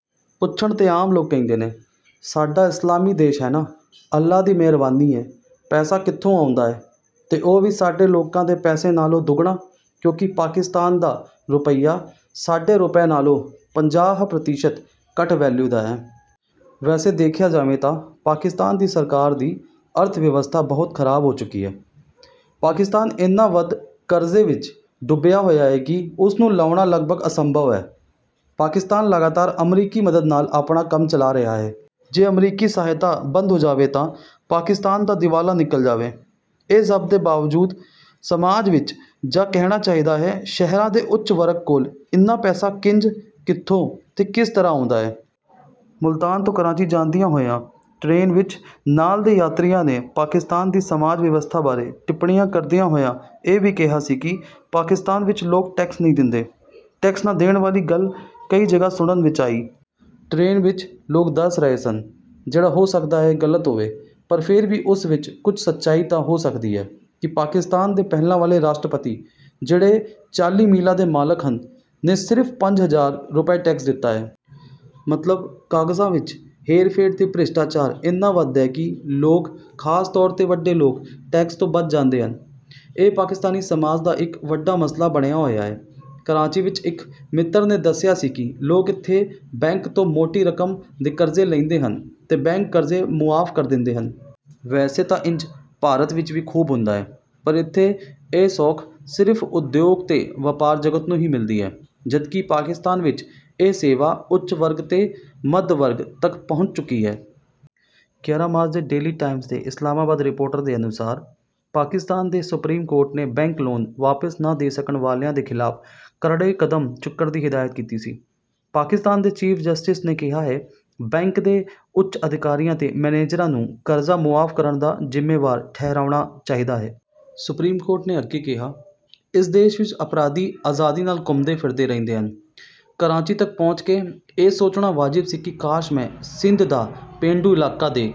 ਪੁੱਛਣ ਤੇ ਆਮ ਲੋਕ ਕਹਿੰਦੇ ਨੇ, ਸਾਡਾ ਇਸਲਾਮੀ ਦੇਸ਼ ਹੈ ਨਾ। ਅੱਲ੍ਹਾਹ ਦੀ ਮਿਹਰਬਾਨੀ ਹੈ। ਪੈਸਾ ਕਿੱਥੋਂ ਆਉਂਦਾ ਹੈ? ਤੇ ਓਹ ਵੀ ਸਾਡੇ ਲੋਕਾਂ ਦੇ ਪੈਸੇ ਨਾਲੋਂ ਦੁੱਗਣਾ ਕਿਉਂਕਿ ਪਾਕਿਸਤਾਨ ਦਾ ਰੁਪਇਆ ਸਾਡੇ ਰੁਪਏ ਨਾਲੋਂ ਪੰਜਾਹ ਪ੍ਰਤੀਸ਼ਤ ਘੱਟ ਵੈਲਿਊ ਦਾ ਹੈ। ਵੈਸੇ ਦੇਖਿਆ ਜਾਵੇ ਤਾਂ ਪਾਕਿਸਤਾਨ ਦੀ ਸਰਕਾਰ ਦੀ ਅਰਥ ਵਿਵਸਥਾ ਬਹੁਤ ਖ਼ਰਾਬ ਹੋ ਚੁੱਕੀ ਹੈ। ਪਾਕਿਸਤਾਨ ਇੰਨਾ ਵੱਧ ਕਰਜ਼ੇ ਵਿਚ ਡੁੱਬਿਆ ਹੋਇਆ ਹੈ ਕਿ ਉਸ ਨੂੰ ਲਾਹੁਣਾ ਲਗਭਗ ਅਸੰਭਵ ਹੈ। ਪਾਕਿਸਤਾਨ ਲਗਾਤਾਰ ਅਮਰੀਕੀ ਮਦਦ ਨਾਲ ਆਪਣਾ ਕੰਮ ਚਲਾ ਰਿਹਾ ਹੈ। ਜੇ ਅਮਰੀਕੀ ਸਹਾਇਤਾ ਬੰਦ ਹੋ ਜਾਵੇ ਤਾਂ ਪਾਕਿਸਤਾਨ ਦਾ ਦਿਵਾਲਾ ਨਿਕਲ ਜਾਵੇ। ਇਸ ਸਭ ਦੇ ਬਾਵਜੂਦ ਸਮਾਜ ਵਿਚ, ਜਾਂ ਕਹਿਣਾ ਚਾਹੀਦਾ ਹੈ, ਸ਼ਹਿਰਾਂ ਦੇ ਉੱਚ-ਵਰਗ ਕੋਲ ਇੰਨਾ ਪੈਸਾ ਕਿੰਜ, ਕਿੱਥੋਂ ਤੇ ਕਿਸ ਤਰ੍ਹਾਂ ਆਉਂਦਾ ਹੈ...? ਮੁਲਤਾਨ ਤੋਂ ਕਰਾਚੀ ਜਾਂਦਿਆਂ ਹੋਇਆ ਟਰੇਨ ਵਿਚ ਨਾਲ ਦੇ ਯਾਤਰੀਆਂ ਨੇ ਪਾਕਿਸਤਾਨ ਦੀ ਸਮਾਜ ਵਿਵਸਥਾ ਬਾਰੇ ਟਿੱਪਣੀਆਂ ਕਰਦਿਆਂ ਹੋਇਆਂ ਇਹ ਵੀ ਕਿਹਾ ਸੀ ਕਿ ਪਾਕਿਸਤਾਨ ਵਿਚ ਲੋਕ ਟੈਕਸ ਨਹੀਂ ਦਿੰਦੇ। ਟੈਕਸ ਨਾ ਦੇਣ ਵਾਲੀ ਗੱਲ ਕਈ ਜਗ੍ਹਾ ਸੁਣਨ ਵਿਚ ਆਈ। ਟਰੇਨ ਵਿਚ ਲੋਕ ਦੱਸ ਰਹੇ ਸਨ, ਜਿਹੜਾ ਹੋ ਸਕਦਾ ਹੈ ਗ਼ਲਤ ਹੋਵੇ, ਪਰ ਫਿਰ ਵੀ ਉਸ ਵਿਚ ਕੁਝ ਸੱਚਾਈ ਤਾਂ ਹੋ ਸਕਦੀ ਹੈ, ਕਿ ਪਾਕਿਸਤਾਨ ਦੇ ਪਹਿਲਾਂ ਵਾਲੇ ਰਾਸ਼ਟਰਪਤੀ, ਜਿਹੜੇ ਚਾਲੀ ਮਿਲਾਂ ਦੇ ਮਾਲਕ ਹਨ, ਨੇ ਸਿਰਫ਼ ਪੰਜ ਹਜ਼ਾਰ ਰੁਪਏ ਟੈਕਸ ਦਿੱਤਾ ਹੈ। ਮਤਲਬ ਕਾਗਜ਼ਾਂ ਵਿਚ ਹੇਰ-ਫੇਰ ਤੇ ਭ੍ਰਿਸ਼ਟਾਚਾਰ ਇੰਨਾ ਵੱਧ ਹੈ ਕਿ ਲੋਕ, ਖ਼ਾਸ ਤੌਰ ’ਤੇ ਵੱਡੇ ਲੋਕ, ਟੈਕਸ ਤੋਂ ਬਚ ਜਾਂਦੇ ਹਨ। ਇਹ ਪਾਕਿਸਤਾਨੀ ਸਮਾਜ ਦਾ ਇਕ ਵੱਡਾ ਮਸਲਾ ਬਣਿਆ ਹੋਇਆ ਹੈ। ਕਰਾਚੀ ਵਿਚ ਇਕ ਮਿੱਤਰ ਨੇ ਦੱਸਿਆ ਸੀ ਕਿ ਲੋਕ ਇੱਥੇ ਬੈਂਕ ਤੋਂ ਮੋਟੀ ਰਕਮ ਦੇ ਕਰਜ਼ੇ ਲੈਂਦੇ ਹਨ ਤੇ ਬੈਂਕ ਕਰਜ਼ੇ ਮੁਆਫ਼ ਕਰ ਦਿੰਦੇ ਹਨ। ਵੈਸੇ ਤਾਂ ਇੰਜ ਭਾਰਤ ਵਿਚ ਵੀ ਖ਼ੂਬ ਹੁੰਦਾ ਹੈ। ਪਰ ਇੱਥੇ ਇਹ ਸੌਖ ਸਿਰਫ਼ ਉਦਯੋਗ ਤੇ ਵਪਾਰ ਜਗਤ ਨੂੰ ਹੀ ਮਿਲਦੀ ਹੈ, ਜਦਕਿ ਪਾਕਿਸਤਾਨ ਵਿਚ ਇਹ ਸੇਵਾ ਉੱਚ ਵਰਗ ਤੇ ਮੱਧ ਵਰਗ ਤਕ ਪਹੁੰਚ ਚੁਕੀ ਹੈ। ਗਿਆਰਾਂ ਮਾਰਚ ਦੇ ਡੇਲੀ ਟਾਈਮਸ ਦੇ ਇਸਲਾਮਾਬਾਦ ਰਿਪੋਰਟ ਦੇ ਅਨੁਸਾਰ, ਪਾਕਿਸਤਾਨ ਦੇ ਸੁਪਰੀਮ ਕੋਰਟ ਨੇ ਬੈਂਕ ‘ਲੋਨ’ ਵਾਪਸ ਨਾ ਦੇ ਸਕਣ ਵਾਲਿਆਂ ਦੇ ਖ਼ਿਲਾਫ਼ ਕਰੜੇ ਕਦਮ ਚੁੱਕਣ ਦੀ ਹਦਾਇਤ ਕੀਤੀ ਸੀ। ਪਾਕਿਸਤਾਨ ਦੇ ਚੀਫ਼ ਜਸਟਿਸ ਨੇ ਕਿਹਾ ਹੈ, ਬੈਂਕ ਦੇ ਉੱਚ ਅਧਿਕਾਰੀਆਂ ਤੇ ਮੈਨੇਜਰਾਂ ਨੂੰ ਕਰਜ਼ਾ ਮੁਆਫ਼ ਕਰਨ ਦਾ ਜ਼ਿੰਮੇਵਾਰ ਠਹਿਰਾਉਣਾ ਚਾਹੀਦਾ ਹੈ। ਸੁਪਰੀਮ ਕੋਰਟ ਨੇ ਅੱਗੇ ਕਿਹਾ, ਇਸ ਦੇਸ਼ ਵਿਚ ਅਪਰਾਧੀ ਆਜ਼ਾਦੀ ਨਾਲ ਘੁੰਮਦੇ ਫਿਰਦੇ ਰਹਿੰਦੇ ਹਨ। ਕਰਾਚੀ ਤਕ ਪਹੁੰਚ ਕੇ ਇਹ ਸੋਚਣਾ ਵਾਜਬ ਸੀ ਕਿ ਕਾਸ਼ ਮੈਂ ਸਿੰਧ ਦਾ ਪੇਂਡੂ ਇਲਾਕਾ ਦੇਖ...